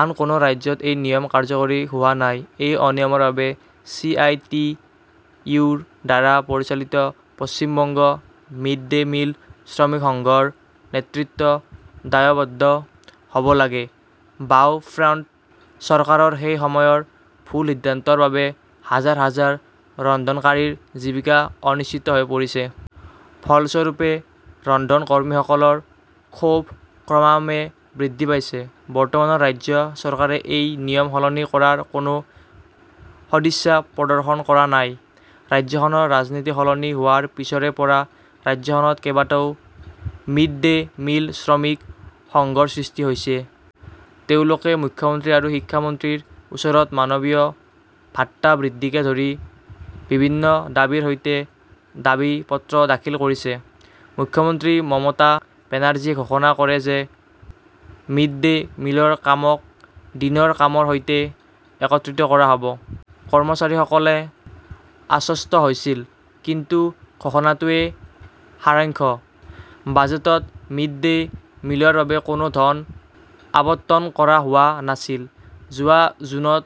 আন কোনো ৰাজ্যত এই নিয়ম কাৰ্যকৰী হোৱা নাই। এই অনিয়মৰ বাবে চি. আই. টি. ইউ. -ৰ দ্বাৰা পৰিচালিত 'পশ্চিম বংগ মিড-ডে মিল শ্ৰমিক সংঘ "-ৰ নেতৃত্ব দায়বদ্ধ হ" ব লাগে। বাওঁ ফ্ৰণ্ট চৰকাৰৰ সেই সময়ৰ ভুল সিদ্ধান্তৰ বাবে হাজাৰ হাজাৰ ৰন্ধনকাৰীৰ জীৱিকা অনিশ্চিত হৈ পৰিছে। ফলস্বৰূপে, ৰন্ধন কৰ্মীসকলৰ ক্ষোভ ক্ৰমান্বয়ে বৃদ্ধি পাইছে। বৰ্তমানৰ ৰাজ্য চৰকাৰে এই নিয়ম সলনি কৰাৰ কোনো সদিচ্ছা প্ৰদৰ্শন কৰা নাই। ৰাজ্যখনৰ ৰাজনীতি সলনি হোৱাৰ পিছৰে পৰা ৰাজ্যখনত কেইবাটাও মিড-ডে মিল শ্ৰমিক সংঘৰ সৃষ্টি হৈছে। তেওঁলোকে মুখ্যমন্ত্ৰী আৰু শিক্ষা মন্ত্ৰীৰ ওচৰত মানৱীয় ভাত্তা বৃদ্ধিকে ধৰি বিভিন্ন দাবীৰ সৈতে দাবী পত্ৰ দাখিল কৰিছে। মুখ্যমন্ত্ৰী মমতা বেনাৰ্জীয়ে ঘোষণা কৰে যে মিড-ডে মিলৰ কামক দিনৰ কামৰ সৈতে একত্ৰিত কৰা হ 'ব। কৰ্মচাৰীসকলে আশ্বস্ত হৈছিল। কিন্তু ঘোষণাটোৱেই সাৰাংশ। বাজেটত মিড-ডে মিলৰ বাবে কোনো ধন আবণ্টন কৰা হোৱা নাছিল। যোৱা জুনত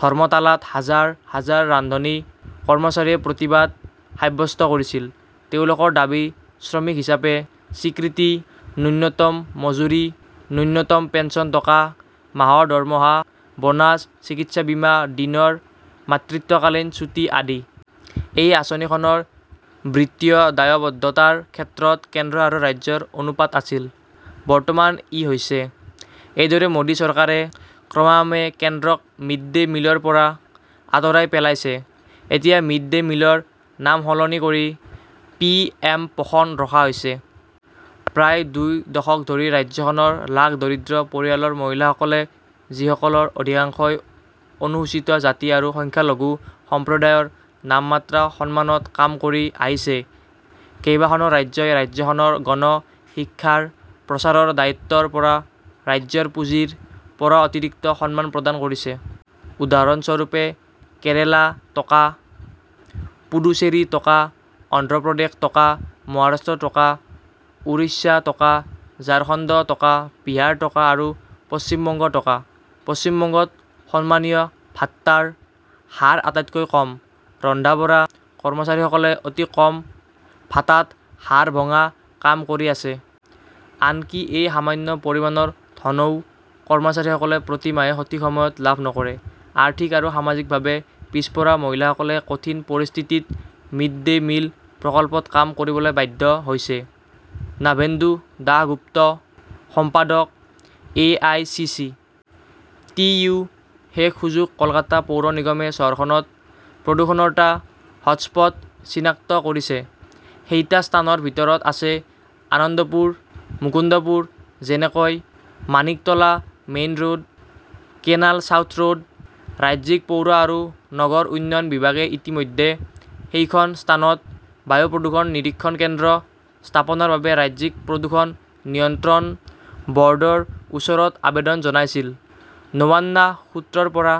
ধৰ্মতালাত হাজাৰ হাজাৰ ৰান্ধনী কৰ্মচাৰীয়ে প্ৰতিবাদ সাব্যস্ত কৰিছিল। তেওঁলোকৰ দাবী- শ্ৰমিক হিচাপে স্বীকৃতি, ন্যূনতম মজুৰি, ন্যূনতম পেন্সন টকা, মাহৰ দৰমহা, বোনাছ, চিকিৎসা বীমা, দিনৰ মাতৃত্বকালীন ছুটী আদি। এই আঁচনিখনৰ বিত্তীয় দায়বদ্ধতাৰ ক্ষেত্ৰত কেন্দ্ৰ আৰু ৰাজ্যৰ অনুপাত আছিল। বৰ্তমান ই হৈছে। এইদৰে মোদী চৰকাৰে ক্ৰমান্বয়ে কেন্দ্ৰক মিড-ডে মিলৰ পৰা আঁতৰাই পেলাইছে। এতিয়া মিড-ডে মিলৰ নাম সলনি কৰি পি এম পোষণ ৰখা হৈছে। প্ৰায় দুই দশক ধৰি ৰাজ্যখনৰ লাখ দৰিদ্ৰ পৰিয়ালৰ মহিলাসকলে, যিসকলৰ অধিকাংশই অনুসূচীত জাতি আৰু সংখ্যালঘু সম্প্ৰদায়ৰ, নামমাত্ৰ সন্মানত কাম কৰি আহিছে। কেইবাখনো ৰাজ্যই ৰাজ্যখনৰ গণ শিক্ষাৰ প্ৰচাৰৰ দায়িত্বৰ পৰা ৰাজ্যৰ পুঁজিৰ পৰা অতিৰিক্ত সন্মান প্ৰদান কৰিছে। উদাহৰণস্বৰূপে, কেৰালা টকা, পুডুচেৰী টকা, অন্ধ্ৰ প্ৰদেশ টকা, মহাৰাষ্ট্ৰ টকা, উৰিষ্যা টকা, ঝাৰখণ্ড টকা, বিহাৰ টকা আৰু পশ্চিম বংগ টকা। পশ্চিম বংগত সন্মানীয় ভাত্তাৰ হাৰ আটাইতকৈ কম। ৰন্ধা-বঢ়া কৰ্মচাৰীসকলে অতি কম ভাতাত হাড় ভঙা কাম কৰি আছে। আনকি এই সামান্য পৰিমাণৰ ধনও কৰ্মচাৰীসকলে প্ৰতি মাহে সঠিক সময়ত লাভ নকৰে। আৰ্থিক আৰু সামাজিকভাৱে পিছপৰা মহিলাসকলে কঠিন পৰিস্থিতিত মিড-ডে মিল প্ৰকল্পত কাম কৰিবলৈ বাধ্য হৈছে। নাভেন্দু দাসগুপ্ত, সম্পাদক, A. I. C. C. T. U. শেষ সুযোগ কলকাতা পৌৰ নিগমে চহৰখনত প্ৰদূষণৰ টা 'হটস্পট "চিনাক্ত কৰিছে। সেই টা স্থানৰ ভিতৰত আছে আনন্দপুৰ, মুকুন্দপুৰ, যেনেকৈ Maniktala main road, canal south road. ৰাজ্যিক পৌৰ আৰু নগৰ উন্নয়ন বিভাগে ইতিমধ্যে সেই খন স্থানত 'বায়ু প্ৰদূষণ নিৰীক্ষণ কেন্দ্ৰ "স্থাপনৰ বাবে ৰাজ্যিক প্ৰদূষণ নিয়ন্ত্ৰণ ব" ৰ্ডৰ ওচৰত আবেদন জনাইছিল। নৱান্না সূত্ৰৰ পৰা